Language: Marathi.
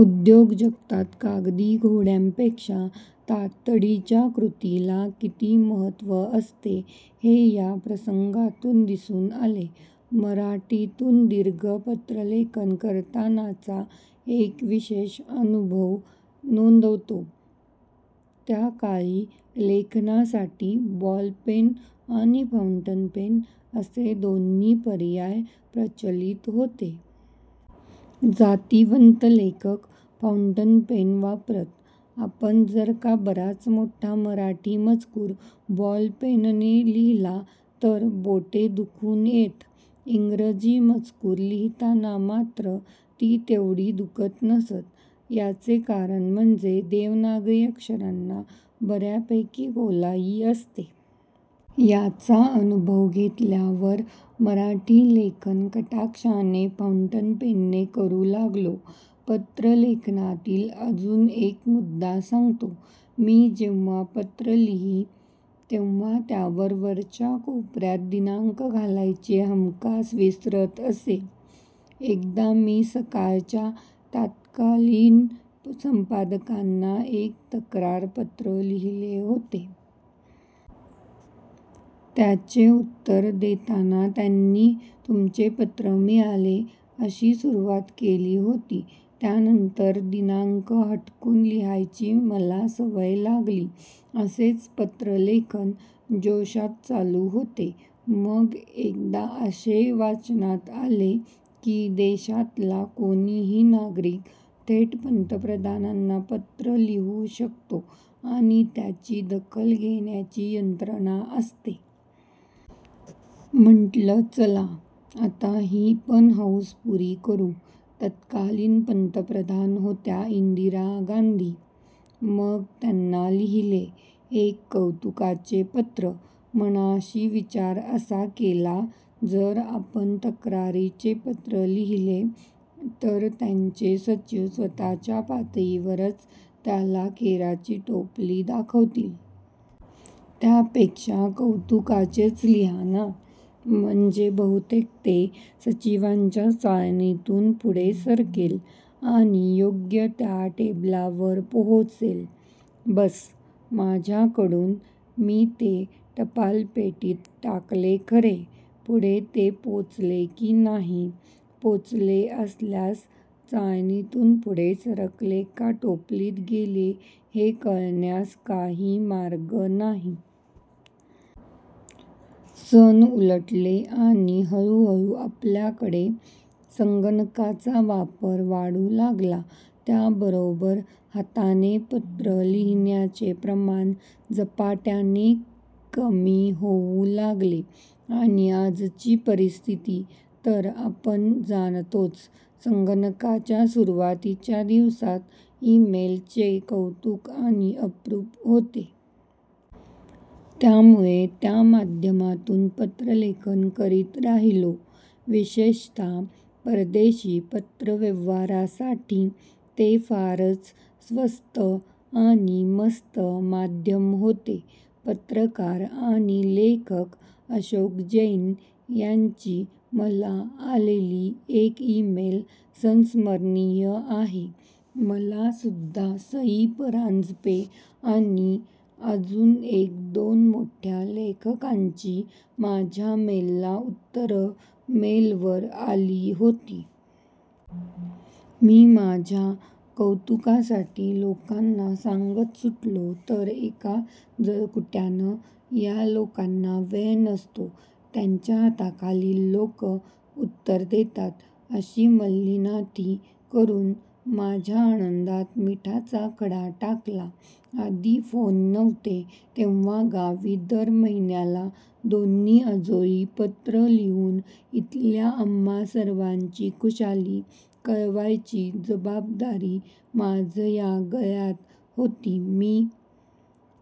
उद्योग जगतात कागदी घोड्यांपेक्षा तातडीच्या कृतीला किती महत्व असते, हे या प्रसंगातून दिसून आले. मराठीतून दीर्घ पत्रलेखन करतानाचा एक विशेष अनुभव नोंदवतो. त्या काळी लेखनासाठी बॉलपेन आणि फौंटनपेन असे दोन्ही पर्याय प्रचलित होते. जातिवंत लेखक फौंटनपेन वापरत. आपण जर का बराच मोठा मराठी मजकूर बॉलपेनने लिहिला तर बोटे दुखून येत. इंग्रजी मजकूर लिहिताना मात्र ती तेवढी दुखत नसत. याचे कारण म्हणजे देवनागरी अक्षरांना बऱ्यापैकी गोलाई असते. याचा अनुभव घेतल्यावर मराठी लेखन कटाक्षाने फौंटनपेनने करू लागलो. पत्रलेखनातील अजून एक मुद्दा सांगतो. मी जेव्हा पत्र लिही तेव्हा त्यावर वरच्या कोपऱ्यात दिनांक घालायचे हमखास विसरत असे. एकदा मी 'सकाळ' च्या तत्कालीन संपादकांना एक तक्रारपत्र लिहीले होते. त्याचे उत्तर देताना त्यांनी "तुमचे पत्र मिळाले.. " अशी सुरवात केली होती. त्यानंतर दिनांक हटकून लिहायची मला सवय लागली. असेच पत्रलेखन जोशात चालू होते. मग एकदा असे वाचनात आले की देशातला कोणीही नागरिक थेट पंतप्रधानांना पत्र लिहू शकतो आणि त्याची दखल घेण्याची यंत्रणा असते. म्हटलं, चला आता ही पण हौस पुरी करू. तत्कालीन पंतप्रधान होत्या इंदिरा गांधी. मग त्यांना लिहीले एक कौतुकाचे पत्र. मनाशी विचार असा केला. जर आपण तक्रारीचे पत्र लिहीले तर त्यांचे सचिव स्वतःच्या पातळीवरच त्याला केराची टोपली दाखवतील! त्यापेक्षा कौतुकाचेच लिहा ना, म्हणजे बहुतेक ते सचिवांच्या चाळणीतून पुढे सरकेल आणि योग्य त्या टेबलावर पोहोचेल. बस्स, माझ्याकडून मी ते टपालपेटीत टाकले खरे. पुढे ते पोचले की नाही, पोचले असल्यास चाळणीतून पुढे सरकले का टोपलीत गेले हे कळण्यास काही मार्ग नाही. सन उलटले आणि हळूहळू आपल्याकडे संगणकाचा वापर वाढू लागला. त्याचबरोबर हाताने पत्र लिहिण्याचे प्रमाण झपाट्याने कमी होऊ लागले आणि आजची परिस्थिती तर आपण जाणतोच. संगणकाच्या सुरवातीच्या दिवसात 'इ-मेल' चे कौतुक आणि अप्रूप होते. त्यामुळे त्या माध्यमातून पत्रलेखन करीत राहिलो. विशेषतः परदेशी पत्रव्यवहारासाठी ते फारच स्वस्त आणि मस्त माध्यम होते. पत्रकार आणि लेखक अशोक जैन यांची मला आलेली एक इ-मेल संस्मरणीय आहे. मला सुद्धा सई परांजपे, आणि अजून एक दोन मोठ्या लेखकांची माझ्या मेलला उत्तरं मेलवर आली होती. मी माझ्या कौतुकासाठी लोकांना सांगत सुटलो. तर एका जळकुट्यानं " या लोकांना वेळ नसतो, त्यांच्या हाताखालील लोकं उत्तर देतात" अशी मल्लीनाथी करून माझ्या आनंदात मिठाचा खडा टाकला. आधी फोन नव्हते तेव्हा गावी दर महिन्याला दोन्ही आजोळी पत्र लिहून इथल्या आम्हा सर्वांची खुशाली कळवायची जबाबदारी माझया गळ्यात होती. मी